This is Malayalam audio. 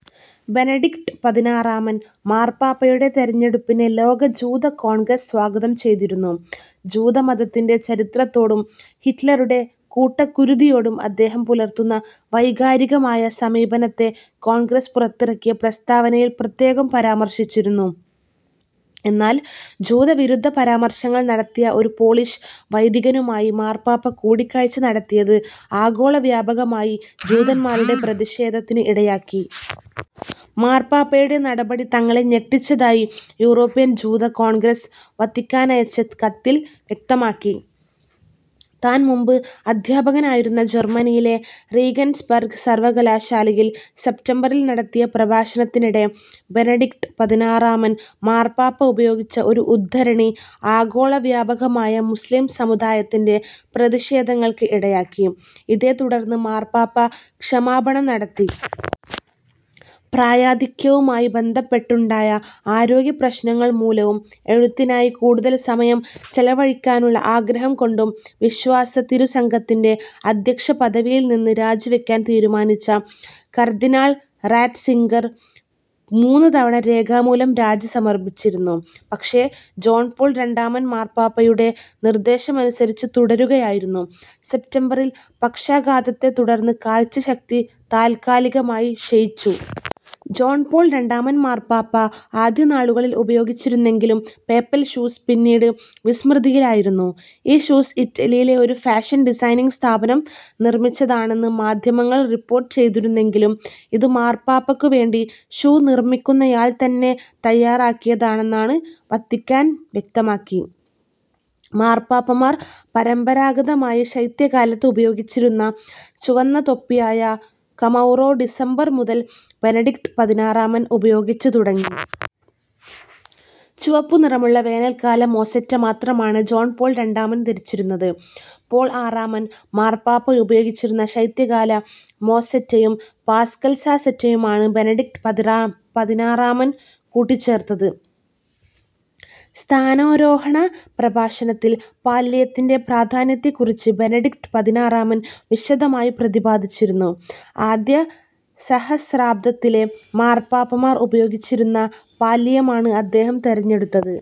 ബെനെഡിക്ട് പതിനാറാമൻ മാർപ്പാപ്പയുടെ തെരഞ്ഞെടുപ്പിനെ ലോക ജൂത കോൺഗ്രസ് സ്വാഗതം ചെയ്തിരുന്നു. ജൂത മതത്തിന്റെ ചരിത്രത്തോടും ഹിറ്റ്ലറുടെ കൂട്ടക്കുരിതിയോടും അദ്ദേഹം പുലർത്തുന്ന വൈകാരികമായ സമീപനത്തെ കോൺഗ്രസ് പുറത്തിറക്കിയ പ്രസ്താവനയിൽ പ്രത്യേകം പരാമർശിച്ചിരുന്നു. എന്നാൽ ജൂത വിരുദ്ധ പരാമർശങ്ങൾ നടത്തിയ ഒരു പോളിഷ് വൈദികനുമായി മാർപ്പാപ്പ കൂടിക്കാഴ്ച്ച നടത്തിയത് ആഗോള വ്യാപകമായി ജൂതൻമാരുടെ പ്രതിഷേധത്തിന് ഇടയാക്കി. മാർപ്പാപ്പയുടെ നടപടി തങ്ങളെ ഞെട്ടിച്ചതായി യൂറോപ്യൻ ജൂത കോൺഗ്രസ് വത്തിക്കാനയച്ച കത്തിൽ വ്യക്തമാക്കി. താൻ മുൻപ് അദ്ധ്യാപകനായിരുന്ന ജർമനിയിലെ റീഗൻസ്ബർഗ് സർവകലാശാലയിൽ സെപ്റ്റംബറിൽ നടത്തിയ പ്രഭാഷണത്തിനിടെ ബെനെഡിക്ട് പതിനാറാമൻ മാർപ്പാപ്പ ഉപയോഗിച്ച ഒരു ഉദ്ധരണി ആഗോള വ്യാപകമായി മുസ്ലിം സമൂദായത്തിന്റെ പ്രതിഷേധങ്ങൾക്ക് ഇടയാക്കി. ഇതേ തുടർന്ന് മാർപ്പാപ്പ ക്ഷമാപണം നടത്തി. പ്രായാധിക്യവുമായി ബന്ധപ്പെട്ടുണ്ടായ ആരോഗ്യ പ്രശ്നങ്ങൾ മൂലവും എഴുത്തിനായി കൂടുതൽ സമയം ചെലവഴിക്കാനുള്ള ആഗ്രഹം കൊണ്ടും വിശ്വാസ തിരുസംഘത്തിൻറെ അധ്യക്ഷ പദവിയിൽനിന്ന് രാജിവെക്കാൻ തീരുമാനിച്ച കർദ്ദിനാൾ റാറ്റ്സിംഗർ മൂന്നു തവണ രേഖാമൂലം രാജി സമർപ്പിച്ചിരുന്നു. പക്ഷെ, ജോൺ പോൾ രണ്ടാമൻ മാർപ്പാപ്പയുടെ നിർദ്ദേശമനുസരിച്ച് തുടരുകയായിരുന്നു. സെപ്റ്റംബറിൽ പക്ഷാഘാതത്തെ തുടർന്ന് കാഴ്ച്ചശക്തി താൽകാലികമായി ക്ഷയിച്ചു. ജോൺ പോൾ രണ്ടാമൻ മാർപ്പാപ്പ ആദ്യ നാളുകളിൽ ഉപയോഗിച്ചിരുന്നെങ്കിലും പേപ്പൽ ഷൂസ് പിന്നീട് വിസ്മൃതിയിലായിരുന്നു. ഈ ഷൂസ് ഇറ്റലിയിലെ ഒരു ഫാഷൻ ഡിസൈനിംഗ് സ്ഥാപനം നിർമിച്ചതാണെന്ന് മാധ്യമങ്ങൾ റിപ്പോർട്ട് ചെയ്തിരുന്നെങ്കിലും ഇത് മാർപ്പാപ്പക്കു വേണ്ടി ഷൂ നിർമ്മിക്കുന്നയാൾതന്നെ തന്നെ തയ്യാറാക്കിയതാണെന്ന് വത്തിക്കാൻ വ്യക്തമാക്കി. മാർപ്പാപ്പമാർ പരമ്പരാഗതമായി ശൈത്യകാലത്ത് ഉപയോഗിച്ചിരുന്ന ചുവന്ന തൊപ്പിയായ കമൗറോ ഡിസംബർ മുതൽ ബെനെഡിക്ട് പതിനാറാമൻ ഉപയോഗിച്ചു തുടങ്ങി. ചുവപ്പു നിറമുള്ള വേനൽകാല മോസെറ്റ മാത്രമാണ് ജോൺ പോൾ രണ്ടാമൻ ധരിച്ചിരുന്നത്. പോൾ ആറാമൻ മാർപ്പാപ്പ ഉപയോഗിച്ചിരുന്ന ശൈത്യകാല മോസ്സെറ്റയും പാസ്കൽാസെറ്റയുമാണ് ബെനഡിക്ട് പതിനാറാമൻ കൂട്ടിച്ചേർത്തത്. സ്ഥാനാരോഹണ പ്രഭാഷണത്തിൽ പാല്ലിയത്തിൻറെ പ്രാധാന്യത്തെക്കുറിച്ച് ബെനെഡിക്ട് പതിനാറാമൻ വിശദമായി പ്രതിപാദിച്ചിരുന്നു. ആദ്യ സഹസ്രാബ്ദത്തിലെ മാർപ്പാപ്പമാർ ഉപയോഗിച്ചിരുന്ന പാല്ലിയമാണ് അദ്ദേഹം തെരഞ്ഞെടുത്തത്.